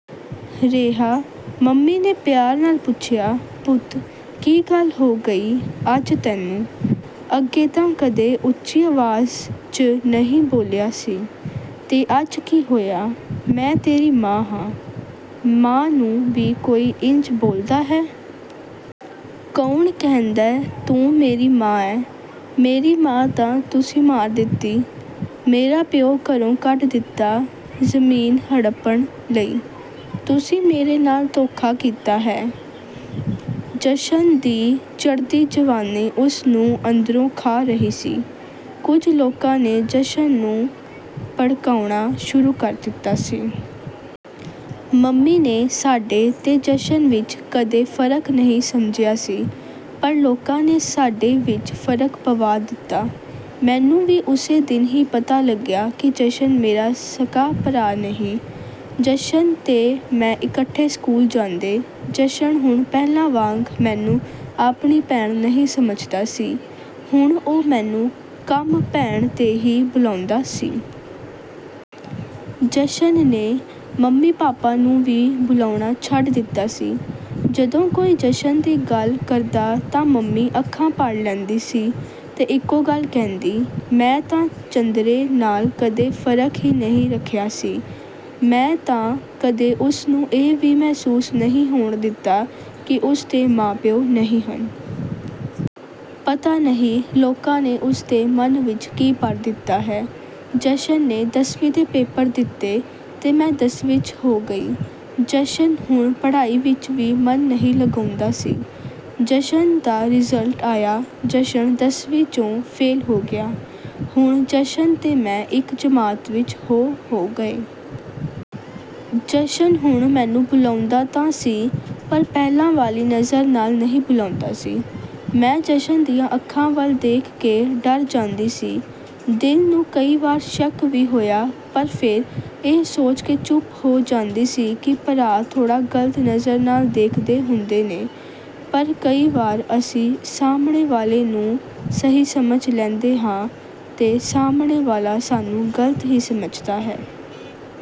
ਰਿਹਾ, ਮੰਮੀ ਨੇ ਪਿਆਰ ਨਾਲ ਪੁੱਛਿਆ, "ਪੁੱਤ, ਕੀ ਗੱਲ ਹੋ ਗਈ ਅੱਜ ਤੈਨੂੰ? ਅੱਗੇ ਤਾਂ ਕਦੇ ਉੱਚੀ ਆਵਾਜ਼ 'ਚ ਨਹੀਂ ਬੋਲਿਆ ਸੀ, ਤੇ ਅੱਜ ਕੀ ਹੋਇਆ? ਮੈਂ ਤੇਰੀ ਮਾਂ ਹਾਂ, ਮਾਂ ਨੂੰ ਵੀ ਕੋਈ ਇੰਝ ਬੋਲਦਾ ਹੈ?" ਕੌਣ ਕਹਿੰਦੈ ਤੂੰ ਮੇਰੀ ਮਾਂ ਐ, ਮੇਰੀ ਮਾਂ ਤਾਂ ਤੁਸੀਂ ਮਾਰ ਦਿੱਤੀ, ਮੇਰਾ ਪਿਉ ਘਰੋਂ ਕੱਢ ਦਿੱਤਾ ਜ਼ਮੀਨ ਹੜੱਪਣ ਲਈ, ਤੁਸੀਂ ਮੇਰੇ ਨਾਲ ਧੋਖਾ ਕੀਤਾ ਹੈ। ਜਸ਼ਨ ਦੀ ਚੜ੍ਹਦੀ ਜਵਾਨੀ ਉਸ ਨੂੰ ਅੰਦਰੋਂ ਖਾ ਰਹੀ ਸੀ, ਕੁਝ ਲੋਕਾਂ ਨੇ ਜਸ਼ਨ ਨੂੰ ਭੜਕਾਉਣਾ ਸ਼ੁਰੂ ਕਰ ਦਿੱਤੀ ਸੀ। ਮੰਮੀ ਨੇ ਸਾਡੇ ਤੇ ਜਸ਼ਨ ਵਿੱਚ ਕਦੇ ਫ਼ਰਕ ਨਹੀਂ ਸਮਝਿਆ ਸੀ ਪਰ ਲੋਕਾਂ ਨੇ ਸਾਡੇ ਵਿੱਚ ਫ਼ਰਕ ਪਵਾ ਦਿੱਤਾ। ਮੈਨੂੰ ਵੀ ਉਸੇ ਦਿਨ ਹੀ ਪਤਾ ਲੱਗਿਆ ਕਿ ਜਸ਼ਨ ਮੇਰਾ ਸਕਾ ਭਰਾ ਨਹੀਂ। ਜਸ਼ਨ ਤੇ ਮੈਂ ਇਕੱਠੇ ਸਕੂਲ ਜਾਂਦੇ, ਜਸ਼ਨ ਹੁਣ ਪਹਿਲਾਂ ਵਾਂਗ ਮੈਨੂੰ ਆਪਣੀ ਭੈਣ ਨਹੀਂ ਸਮਝਦਾ ਸੀ, ਹੁਣ ਉਹ ਮੈਨੂੰ ਕੰਮ ਪੈਣ ਤੇ ਹੀ ਬੁਲਾਉਂਦਾ ਸੀ। ਜਸ਼ਨ ਨੇ ਮੰਮੀ ਪਾਪਾ ਨੂੰ ਵੀ ਬੁਲਾਉਣਾ ਛੱਡ ਦਿੱਤਾ ਸੀ, ਜਦੋਂ ਕੋਈ ਜਸ਼ਨ ਦੀ ਗੱਲ ਕਰਦਾ ਤਾਂ ਮੰਮੀ ਅੱਖਾਂ ਭਰ ਲੈਂਦੀ ਸੀ ਤੇ ਇੱਕੋ ਗੱਲ ਕਹਿੰਦੀ, ਮੈਂ ਤਾਂ ਚੰਦਰੇ ਨਾਲ ਕਦੇ ਫ਼ਰਕ ਹੀ ਨਹੀਂ ਰੱਖਿਆ ਸੀ, ਮੈਂ ਤਾਂ ਕਦੇ ਉਸ ਨੂੰ ਇਹ ਵੀ ਮਹਿਸੂਸ ਨਹੀਂ ਹੋਣ ਦਿੱਤਾ ਕਿ ਉਸ ਦੇ ਮਾਂ-ਪਿਉ ਨਹੀਂ ਹਨ। ਪਤਾ ਨਹੀਂ ਲੋਕਾਂ ਨੇ ਉਸ ਦੇ ਮਨ ਵਿੱਚ ਕੀ ਭਰ ਦਿੱਤਾ ਹੈ। ਜਸ਼ਨ ਨੇ ਦੱਸਵੀਂ ਦੇ ਪੇਪਰ ਦਿੱਤੇ ਤੇ ਮੈਂ ਦੱਸਵੀਂ ਚ ਹੋ ਗਈ। ਜਸ਼ਨ ਹੁਣ ਪੜ੍ਹਾਈ ਵਿੱਚ ਵੀ ਮਨ ਨਹੀਂ ਲਗਾਉਂਦਾ ਸੀ, ਜਸ਼ਨ ਦਾ ਰਿਜ਼ਲਟ ਆਇਆ ਜਸ਼ਨ ਦਸਵੀਂ ਚੋਂ ਫੇਲ੍ਹ ਹੋ ਗਿਆ, ਹੁਣ ਜਸ਼ਨ ਤੇ ਮੈਂ ਇੱਕ ਜਮਾਤ ਵਿੱਚ ਹੋ ਹੋ ਗਏ। ਜਸ਼ਨ ਹੁਣ ਮੈਨੂੰ ਬੁਲਾਉਂਦਾ ਤਾਂ ਸੀ ਪਰ ਪਹਿਲਾਂ ਵਾਲੀ ਨਜ਼ਰ ਨਾਲ ਨਹੀਂ ਬੁਲਾਉਂਦਾ ਸੀ। ਮੈਂ ਜਸ਼ਨ ਦੀਆਂ ਅੱਖਾਂ ਵੱਲ ਦੇਖ ਕੇ ਡਰ ਜਾਂਦੀ ਸੀ, ਦਿਲ ਨੂੰ ਕਈ ਵਾਰ ਸ਼ੱਕ ਵੀ ਹੋਇਆ ਪਰ ਫੇਰ ਇਹ ਸੋਚਕੇ ਚੁੱਪ ਹੋ ਜਾਂਦੀ ਸੀ ਕਿ ਭਰਾ ਥੋੜਾਂ ਗਲਤ ਨਜ਼ਰ ਨਾਲ ਦੇਖਦੇ ਹੁੰਦੇ ਨੇ, ਪਰ ਕਈ ਵਾਰ ਅਸੀਂ ਸਾਹਮਣੇ ਵਾਲੇ ਨੂੰ ਸਹੀ ਸਮਝ ਲੈਂਦੇ ਹਾਂ ਤੇ ਸਾਹਮਣੇ ਵਾਲਾ ਸਾਨੂੰ ਗਲਤ ਹੀ ਸਮਝਦਾ ਹੈ।